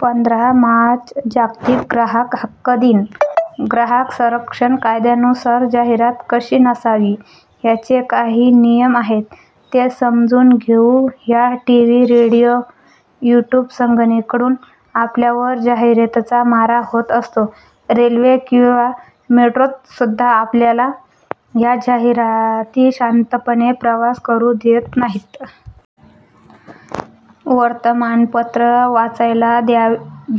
पंधरा मार्च, जागतिक ग्राहक हक्क दिन. ग्राहक संरक्षण कायद्यानुसार जाहिरात कशी नसावी, याचे काही नियम आहेत. ते समजून घेऊ या. टीव्ही, रेडियो, यूट्यूब सगळीकडून आपल्यावर जाहिरातींचा मारा होत असतो. रेल्वे किंवा मेट्रोतसुद्धा आपल्याला या जाहिराती शांतपणे प्रवास करू देत नाहीत. वर्तमानपत्र वाचायला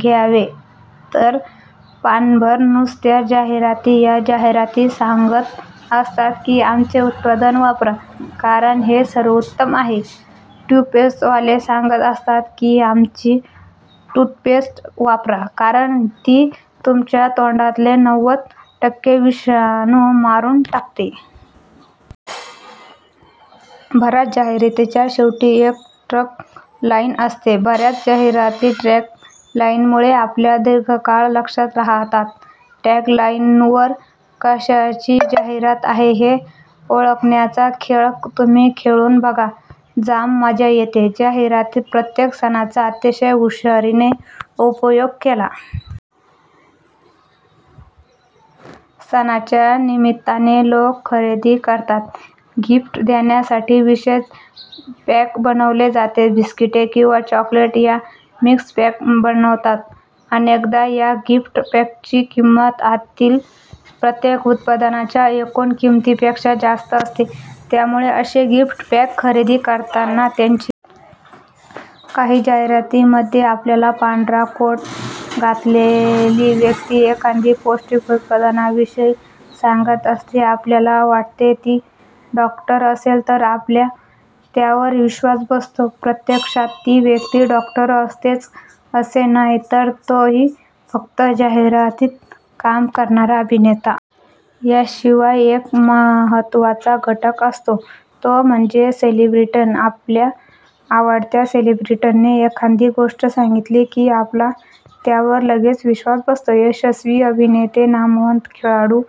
घ्यावे, तर पानभर नुसत्या जाहिराती. या जाहिराती सांगत असतात की, आमचे उत्पादन वापरा, कारण ते सर्वोत्तम आहे. टूथपेस्टवाले सांगत असतात की, आमचीच टूथपेस्ट वापरा, कारण ती तुमच्या तोंडातले नव्वद टक्के विषाणू मारून टाकते. बऱ्याच जाहिरातींच्या शेवटी एक टॅग लाइनअसते. बऱ्याच जाहिराती टॅग लाइनमुळे आपल्या दीर्घकाळ लक्षात राहतात. टॅग लाइनवरून कशाची जाहिरात आहे हे ओळखण्याचा खेळ तुम्ही खेळून बघा, जाम मजा येते. जाहिरातीत प्रत्येक सणाचा अतिशय हुशारीने उपयोग केला जातो. सणांच्या निमित्ताने लोक खरेदी करतात. गिफ्ट देण्यासाठी विशेष पॅक बनवले जाते. बिस्किटे किंवा चॉकलेट यांचे मिक्स पॅक बनवतात. अनेकदा या गिफ्ट पॅकची किंमत आतील प्रत्येक उत्पादनाच्या एकूण किमतीपेक्षा जास्त असते. त्यामुळे अशी गिफ्ट पॅक खरेदी करताना त्याची किंमत मोजून बघा. काही जाहिरातींमध्ये आपल्याला पांढरा कोट घातलेली व्यक्ती एखाद्या पौष्टिक उत्पादनाविषयी सांगत असते. आपल्याला वाटते, तो ी डॉक्टर असेल आणि आपला त्यावर विश्वास बसतो. प्रत्यक्षात ती व्यक्ती डॉक्टर असतेच असे नाही, तर तो ी फक्त जाहिरातीत काम करणारा अभिनेता असतो. याशिवाय एक महत्त्वाचा घटक असतो, तो म्हणजे सेलिब्रिटी. आपल्या आवडत्या सेलिब्रिटीने एखादी गोष्ट सांगितली की, आपला त्यावर लगेच विश्वास बसतो. यशस्वी अभिनेते, नामवंत खेळाडू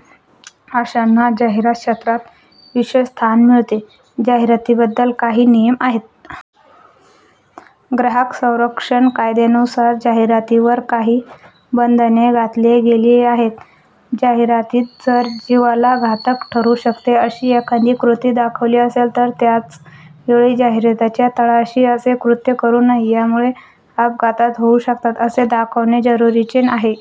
अशांना जाहिरात क्षेत्रांत विशेष स्थान मिळते. जाहिरातींबद्दल काही नियम आहेत. ग्राहक संरक्षण कायद्यानुसार जाहिरातींवर काही बंधने घातली गेली आहेत. जाहिरातीत जर जीवाला घातक ठरू शकेल अशी एखादी कृती दाखवली असेल तर त्याच वेळी जाहिरातीच्या तळाशी असे कृत्य करू नये. त्यामुळे अपघात होऊ शकतात, असे दाखवणे जरुरीचे आहे.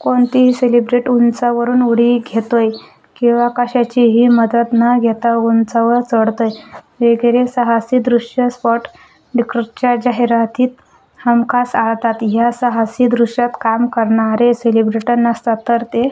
कोणीतरी सेलिब्रिटी उंचावरून उडी घेतोय, किंवा कशाचीही मदत न घेता उंचावर चढतोय वगैरे साहसी दृश्ये सॉफ्ट ड्रिंकच्या जाहिरातीत हमखास आढळतात. त्या साहसी दृश्यात काम करणारे सेलिब्रिटी नसतात, तर ते